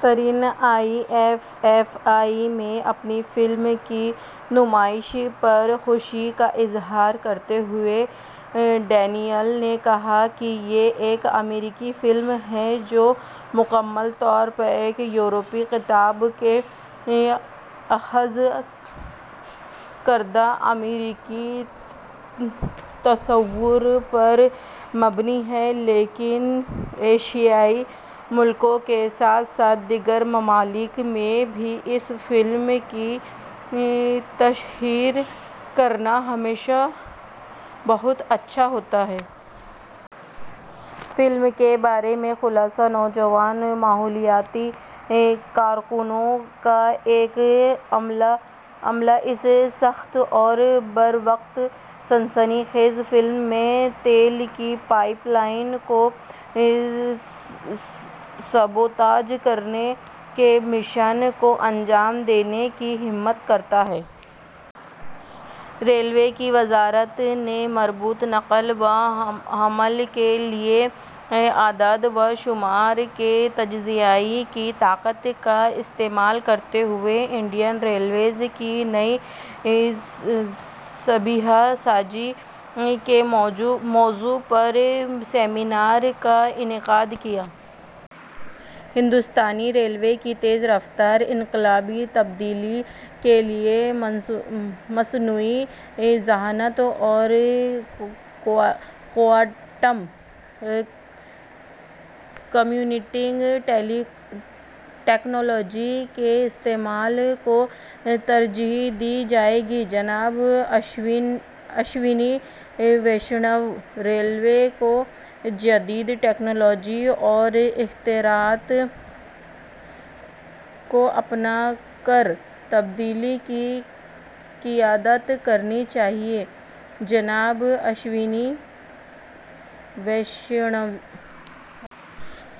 تریپن I F F I میں اپنی film کی نمائش پر خوشی کا اظہار کرتے ہوئے، ڈینیل نے کہا کہ یہ ایک امریکی فلم ہے، جو مکمل طور پر ایک یورپی کتاب سے اخذ کردہ امریکی تصور پر مبنی ہے، لیکن ایشیائی ملکوں کے ساتھ ساتھ دیگر ممالک میں بھی اس فلم کی تشہیر کرنا ہمیشہ بہت اچھا ہوتا ہے۔ فلم کے بارے میں خلاصہ: نوجوان ماحولیاتی کارکنوں کا ایک عملہ اس سخت اور بروقت سنسنی خیز فلم میں تیل کی پائپ لائن کو سبوتاژ کرنے کے مشن کو انجام دینے کی ہمت کرتا ہے۔ ریلوے کی وزارت نے مربوط نقل و حمل کے لیے اعداد و شمار کے تجزیے کی طاقت کا استعمال کرتے ہوئے انڈین ریلویز کی نئی شبیہ سازی کے موضوع پر سیمینار کا انعقاد کیا۔ ہندوستانی ریلوے کی تیز رفتار انقلابی تبدیلی کے لیے مصنوعی ذہانت اور کوانٹم کمپیوٹنگ ٹیکنالوجی کے استعمال کو ترجیح دی جائے گی: جناب اشونی ویشنو۔ ریلوے کو جدید ٹیکنالوجی اور اختراعات کو اپنا کر تبدیلی کی قیادت کرنی چاہیے: جناب Ashwini Vaishnaw.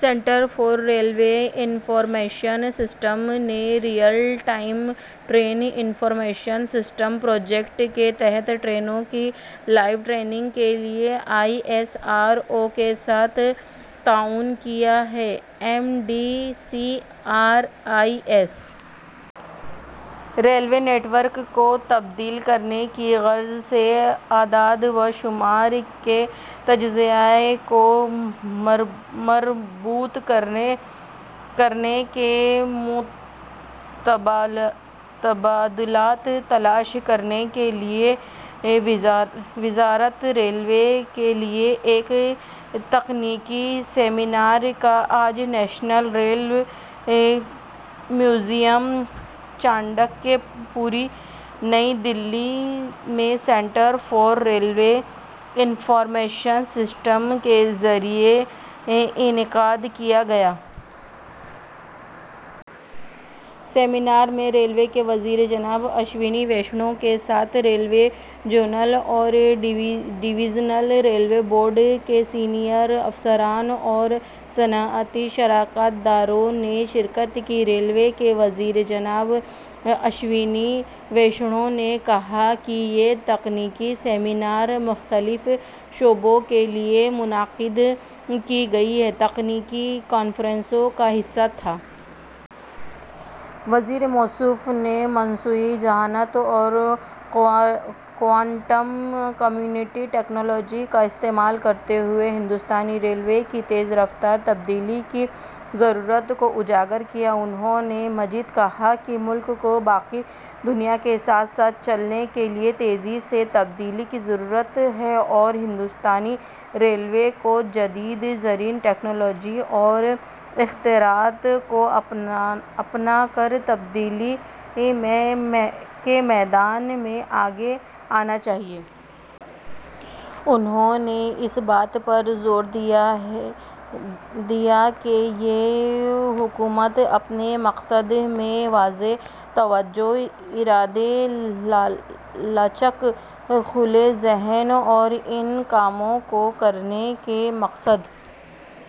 Centre for railway information system نے real time train information system project کے تحت ٹرینوں کی لائیو ٹریکنگ کے لیے آئی ایس آر او کے ساتھ تعاون کیا ہے: M D, C R I S. Railway network کو تبدیل کرنے کی غرض سے اعداد و شمار کے تجزیے کو مربوط کرنے کے متبادلات تلاش کرنے کے لیے وزارت ریلوے کے لیے ایک تکنیکی سیمینار کا آج national rail museum, Chanakyapuri, نئی دہلی میں centre for railway information system کے ذریعے انعقاد کیا گیا۔ سیمینار میں ریلوے کے وزیر جناب اشونی ویشنو کے ساتھ ریلوے، زونل اور ڈویژنل ریلوے بورڈ کے سینئر افسران اور صنعتی شراکت داروں نے شرکت کی۔ ریلوے کے وزیر جناب اشونی ویشنو نے کہا کہ یہ تکنیکی سیمینار مختلف شعبوں کے لیے منعقد کی گئی تکنیکی کانفرنسوں کا حصہ تھا۔ وزیر موصوف نے مصنوعی ذہانت اور کوانٹم کمپیوٹنگ ٹیکنالوجی کا استعمال کرتے ہوئے ہندوستانی ریلوے کی تیز رفتار تبدیلی کی ضرورت کو اجاگر کیا۔ انہوں نے مزید کہا کہ ملک کو باقی دنیا کے ساتھ ساتھ چلنے کے لیے تیزی سے تبدیلی کی ضرورت ہے اور ہندوستانی ریلوے کو جدید ترین ٹیکنالوجیز اور اختراعات کو اپنا کر تبدیلی کے میدان میں آگے آنا چاہیے۔ انہوں نے اس بات پر زور دیا کہ یہ حکومت اپنے مقصد میں واضح توجہ، ارادے، لچک، کھلے ذہن اور ان کاموں کو کرنے کے مقصد...